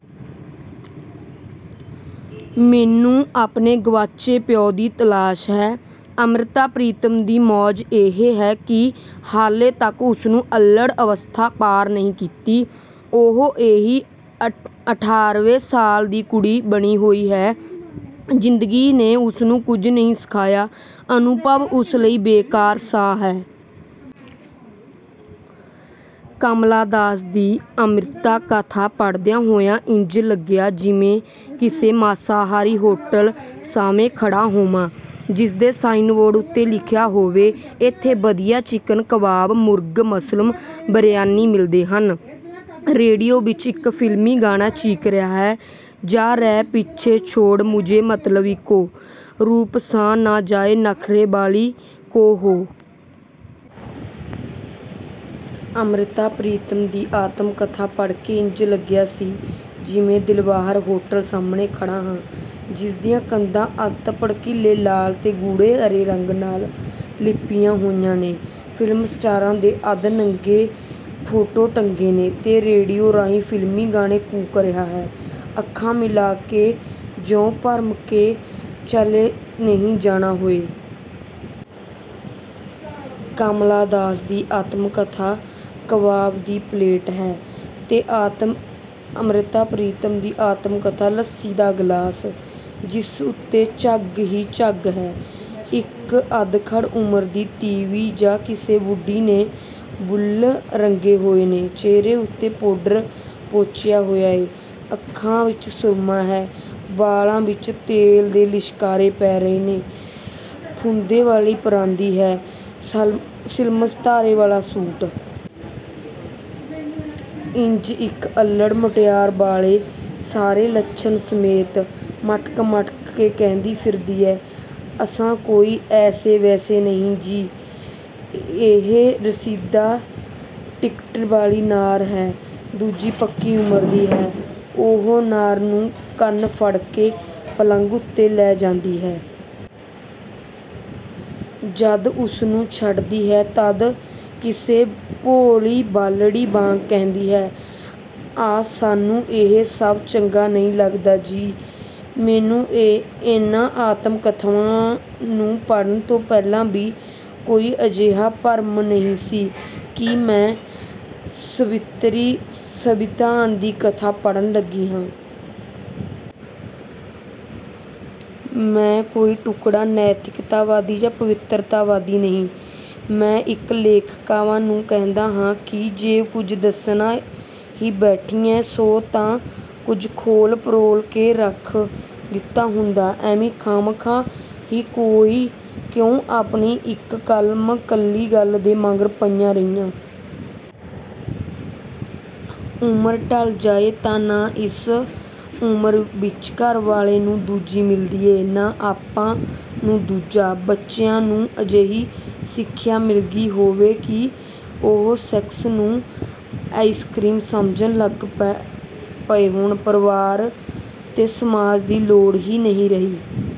ਮੈਨੂੰ ਆਪਣੇ ਗਵਾਚੇ ਪਿਉ ਦੀ ਤਲਾਸ਼ ਹੈ। ' ਅੰਮ੍ਰਿਤਾ ਪ੍ਰੀਤਮ ਦੀ ਮੌਜ਼ ਇਹ ਹੈ ਕਿ ਹਾਲੇ ਤੀਕ ਉਸਨੇ ਅੱਲ੍ਹੜ ਅਵਸਥਾ ਪਾਰ ਨਹੀਂ ਕੀਤੀ। ਉਹ ਉਹੀ ਅਠਾਂਰ੍ਹਾਂ ਸਾਲਾਂ ਦੀ ਕੁੜੀ ਬਣੀ ਹੋਈ ਹੈ। ਜ਼ਿੰਦਗੀ ਨੇ ਉਸਨੂੰ ਕੁਝ ਨਹੀਂ ਸਿਖਾਇਆ, ਅਨੁਭਵ ਉਸ ਲਈ ਬੇਕਾਰ ਦੀ ਸ਼ੈ ਹੈ। ਕਮਲਾ ਦਾਸ ਦੀ ਆਤਮ-ਕਥਾ ਪੜ੍ਹਦਿਆਂ ਹੋਇਆਂ ਇੰਜ ਲੱਗਿਆ, ਜਿਵੇਂ ਕਿਸੇ ਮਾਸਾਹਾਰੀ ਹੋਟਲ ਸਾਹਵੇਂ ਖੜ੍ਹਾ ਹੋਵਾਂ, ਜਿਸਦੇ ਸਾਈਨ ਬੋਰਡ ਉੱਤੇ ਲਿਖਿਆ ਹੋਵੇ: ਇੱਥੇ ਵਧੀਆ ਚਿਕਨ-ਕਬਾਬ, ਮੁਰਗ-ਮੁਸੱਲਮ, ਬਿਰਿਆਨੀ ਮਿਲਦੇ ਹਨ। ਰੇਡੀਓ ਵਿਚ ਇਕ ਫਿਲਮੀ ਗਾਣਾ ਚੀਕ ਰਿਹਾ ਹੈ 'ਜਾ ਰੇ ਪੀਛਾ ਛੋੜ ਮੁਝ ਮਤਵਾਲੀ ਕਾ, ਰੂਪ ਸਹਾ ਨਾ ਜਾਏ ਨਖ਼ਰੇ ਵਾਲੀ ਕਾ-ਹੋਅ! ' ਅੰਮ੍ਰਿਤਾ ਪ੍ਰੀਤਮ ਦੀ ਆਤਮ-ਕਥਾ ਪੜ੍ਹ ਕੇ ਇੰਜ ਲੱਗਿਆ ਸੀ, ਜਿਵੇ ਦਿਲਬਹਾਰ ਹੋਟਲ ਸਾਹਮਣੇ ਖੜ੍ਹਾ ਹਾਂ, ਜਿਸ ਦੀਆਂ ਕੰਧਾਂ ਅੱਤ ਭੜਕੀਲੇ ਲਾਲ ਤੇ ਗੂੜ੍ਹੇ ਹਰੇ ਰੰਗਾਂ ਨਾਲ ਲਿੱਪੀਆਂ ਹੋਈਆਂ ਨੇ, ਫਿਲਮ ਸਟਾਰਾਂ ਦੇ ਅੱਧਨੰਗੇ ਫੋਟੋ ਟੰਗੇ ਨੇ, ਤੇ ਰੇਡੀਓ ਰਾਹੀਂ ਫਿਲਮੀ ਗਾਣਾ ਕੂਕ ਰਿਹਾ ਹੈ 'ਅੱਖੀਆਂ ਮਿਲਾ ਕੇ ਜੀਆ ਭਰਮਾ ਕੇ, ਚਲੇ ਨਹੀਂ ਜਾਨਾ ਹੋਅ! ' ਕਮਲਾ ਦਾਸ ਦੀ ਆਤਮ ਕਥਾ-ਕਬਾਬ ਦੀ ਪਲੇਟ ਹੈ। ਤੇ ਅੰਮ੍ਰਿਤਾ ਪ੍ਰੀਤਮ ਦੀ ਆਤਮ-ਕਥਾ ਲੱਸੀ ਦਾ ਗਿਲਾਸ, ਜਿਸ ਉੱਤੇ ਝੱਗ ਹੀ ਝੱਗ ਹੈ। ਇਕ ਅੱਧਖੜ ਉਮਰ ਦੀ ਤੀਵੀਂ ਜਾਂ ਕਿਸੇ ਬੁੱਢੀ ਨੇ ਬੁੱਲ੍ਹ ਰੰਗੇ ਹੋਏ ਨੇ, ਚਿਹਰੇ ਉੱਤੇ ਪਾਊਡਰ ਪੋਚਿਆ ਹੋਇਆ ਹੈ, ਅੱਖਾਂ ਵਿਚ ਸੁਰਮਾ ਹੈ, ਵਾਲਾਂ ਵਿਚੋਂ ਤੇਲ ਦੇ ਲਿਸ਼ਕਾਰੇ ਪੈ ਰਹੇ ਨੇ, ਫੁੰਦੇ ਵਾਲੀ ਪਰਾਂਦੀ ਹੈ, ਸਲਮਾ-ਸਿਤਾਰਿਆਂ ਵਾਲਾ ਸੂਟ। ਇੰਜ ਇਕ ਅੱਲ੍ਹੜ ਮੁਟਿਆਰ ਵਾਲੇ ਸਾਰੇ ਲੱਛਣਾ ਸਮੇਤ, ਮਟਕ-ਮਟਕ ਕੇ ਕਹਿੰਦੀ ਫਿਰਦੀ ਹੈ 'ਅਸਾਂ ਕੋਈ ਐਸੇ-ਵੈਸੇ ਨਹੀਂ ਜੀ। ' ਇਹ 'ਰਸੀਦੀ ਟਿਕਟ' ਵਾਲੀ ਨਾਰ ਹੈ। ਦੂਜੀ ਪੱਕੀ ਉਮਰ ਦੀ ਹੈ: ਉਹ ਨਰ ਨੂੰ ਕੰਨੋਂ ਫੜ੍ਹ ਕੇ ਪਲੰਘ ਉੱਤੇ ਲੈ ਜਾਂਦੀ ਹੈ। ਜਦ ਉਸਨੂੰ ਛੱਡਦੀ ਹੈ, ਤਦ ਕਿਸੇ ਭੋਲੀ ਬਾਲੜੀ ਵਾਂਗ ਕਹਿੰਦੀ ਹੈ 'ਅਸਾਨੂੰ ਇਹ ਸਭ ਚੰਗਾ ਨਹੀਂ ਲੱਗਦਾ ਜੀ। ' ਮੈਨੂੰ ਇਹਨਾਂ ਆਤਮ-ਕਥਾਵਾਂ ਨੂੰ ਪੜ੍ਹਨ ਤੋਂ ਪਹਿਲਾਂ ਵੀ ਕੋਈ ਅਜਿਹਾ ਭਰਮ ਨਹੀਂ ਸੀ ਕਿ ਮੈਂ ਸਾਵਿੱਤਰੀ-ਸਤਿਆਵਾਨ ਦੀ ਕਥਾ ਪੜ੍ਹਨ ਲੱਗਿਆ ਹਾਂ। ਮੈਂ ਕੋਈ ਕੱਟੜ ਨੈਤਿਕਤਾਵਾਦੀ ਜਾਂ ਪਵਿੱਤਰਤਾਵਾਦੀ ਵੀ ਨਹੀਂ। ਮੈਂ ਇਹਨਾਂ ਲੇਖਕਾਵਾਂ ਨੂੰ ਕਹਿੰਦਾ ਹਾਂ ਕਿ ਜੇ ਕੁਝ ਦੱਸਣ ਹੀ ਬੈਠੀਆਂ ਸੌ ਤਾਂ ਸਭ ਕੁਝ ਖੋਹਲ-ਫਰੋਲ ਕੇ ਰੱਖ ਦਿੱਤਾ ਹੁੰਦਾ, ਐਵੇਂ, ਖਾਹਮਖਾਹ ਹੀ ਕਿਉਂ ਆਪਣੀ ਇਕ 'ਕੱਲਮ-'ਕੱਲੀ ਗੱਲ ਦੇ ਮਗਰ ਪਈਆਂ ਰਹੀਆਂ। ਉਮਰ ਢਲ ਜਾਏ ਤਾਂ ਨਾ ਇਸ ਉਮਰ ਵਿਚ ਘਰਵਾਲੇ ਨੂੰ ਦੂਜੀ ਮਿਲਦੀ ਹੈ, ਨਾ ਆਪਾਂ ਨੂੰ ਦੂਜਾ। ਬੱਚਿਆਂ ਨੂੰ ਅਜਿਹੀ ਸਿਖਿਆ ਮਿਲ ਗਈ ਹੋਵੇ ਕਿ ਉਹ 'ਸੈਕਸ' ਨੂੰ ਆਈਸਕਰੀਮ ਸਮਝਣ ਲੱਗ ਪਏ ਹੋਣ। ਪਰਿਵਾਰ ਤੇ ਸਮਾਜ ਦੀ ਲੋੜ ਹੀ ਨਾ ਰਹੀ